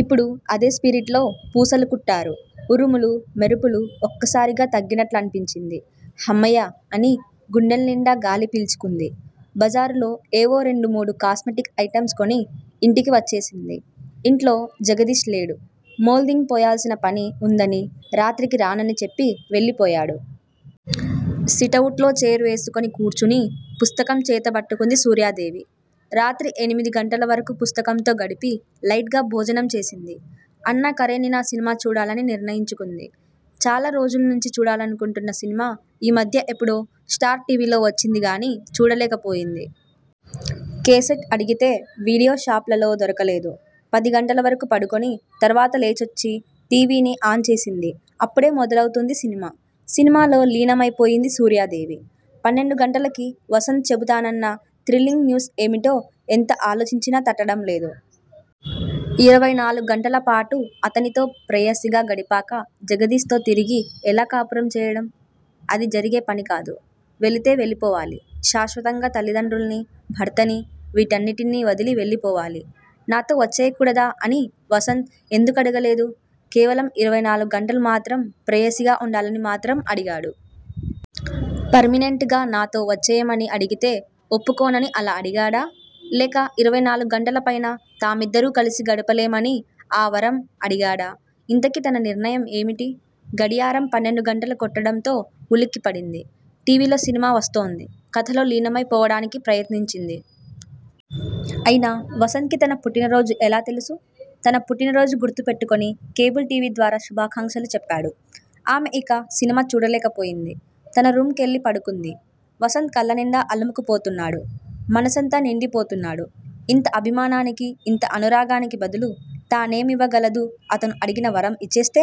ఇప్పుడూ అదే స్పిరిట్ లో పూసలు కుట్టారు. ఉరుములు, మెరుపులు ఒక్కసారిగా తగ్గినట్లనిపించింది. హమ్మయ్య అని గుండెల్నిండా గాలి పీల్చుకుంది. బజారులో ఏవో రెండు మూడు కాస్మటిక్ ఐటమ్స్ కొని ఇంటికి వచ్చేసింది. ఇంట్లో జగదీష్ లేడు. మోల్దింగ్ పోయాల్సిన పని వుందని రాత్రికి రానని చెప్పి వెళ్ళిపోయాడు. సిటవుట్ లో చైర్ వేసుకుని కూర్చుని, పుస్తకం చేతబట్టుకుంది సూర్యాదేవి. రాత్రి ఎనిమిది గంటల వరకు పుస్తకంతో గడిపి లైట్ గా భోజనం చేసింది. అన్నాకరేనినా సినిమా చూడాలని నిర్ణయించుకుంది. చాలా రోజుల్నుంచి చూడాలనుకుంటున్న సినిమా ఈ మధ్య ఎప్పుడో స్టార్ టీ. వీ. లో వచ్చిందిగానీ చూడలేకపోయింది. కేసెట్ అడిగితే వీడియో షాప్ లలో దొరకలేదు. పదిగంటల వరకు పడుకుని, తర్వాత లేచొచ్చి టీ. వీ. ని ఆన్ చేసింది అప్పుడే మొదలౌతుంది సినిమా. సినిమాలో లీనమైపోయింది సూర్యాదేవి. పన్నెండు గంటలకి వసంత్ చెబుతానన్న థ్రిల్లింగ్ న్యూస్ ఏమిటో ఎంత ఆలోచించినా తట్టడం లేదు. ఇరవై నాలుగు గంటలపాటు అతనితో ప్రేయసిగా గడిపాక జగదీష్ తో తిరిగి ఎలా కాపురం చేయడం? అది జరిగే పనికాదు. వెళితే వెళ్ళిపోవాలి- శాశ్వతంగా తల్లిదండ్రుల్ని, భర్తనీ, వీటినన్నిటినీ వదిలి వెళ్ళిపోవాలి. నాతో వచ్చేయకూడదా అని వసంత్ ఎందుకడగలేదు. కేవలం ఇరవై నాలుగు గంటలు మాత్రం ప్రేయసిగా వుండాలని మాత్రం అడిగాడు. పర్మినెంట్ గా నాతో వచ్చేయమని అడిగితే- ఒప్పుకోనని అలా అడిగాడా? లేక ఇరవై నాలుగు గంటలు పైన తామిద్దరూ కలిసి గడపలేమని ఆ వరం అడిగాడా? ఇంతకీ తన నిర్ణయం ఏమిటి? గడియారం పన్నెండు గంటలు కొట్టడంతో ఉలిక్కిపడింది. టీవీలో సినిమా వస్తోంది. కథలో లీనమై పోవడానికి ప్రయత్నించింది. అయినా వసంత్ కి తన పుట్టినరోజు ఎలా తెలుసు? తన పుట్టినరోజు గుర్తు పెట్టుకుని, కేబుల్ టీ. వీ ద్వారా శుభాకాంక్షాలు చెప్పాడు. ఆమె ఇక సినిమా చూడలేకపోయింది. తన రూమ్ కెళ్ళి పడుకుంది. వసంత్ కళ్ళనిండా అలుముకుపోతున్నాడు. మనసంతా నిండిపోతున్నాడు. ఇంత అభిమానానికి, ఇంత అనురాగానికి బదులు తానేమివ్వగలదు అతను అడిగిన వరం ఇచ్చేస్తే?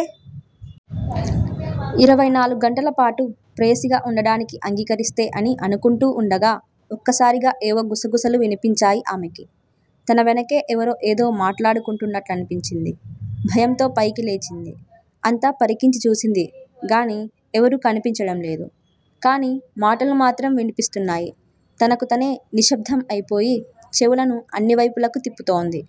ఇరవై నాలుగు గంటలపాటు ప్రేయసిగా వుండడానికి అంగీకరిస్తే అని అనుకుంటూ వుండగా ఒక్కసారిగా ఏవో గుసగుసలు విన్పించాయి ఆమెకి. తన వెనకే ఎవరో ఏదో మాట్లాడుకుంటున్నట్లనిపించి, భయంతో పైకి లేచింది. అంతా పరికించి చూసింది గానీ ఎవరూ కనిపించడంలేదు. కానీ మాటలు మాత్రం వినిపిస్తున్నాయి. తనకు తనే నిశ్శబ్దం అయిపోయి చెవులను అన్నివైపులకి తిప్పుతోంది.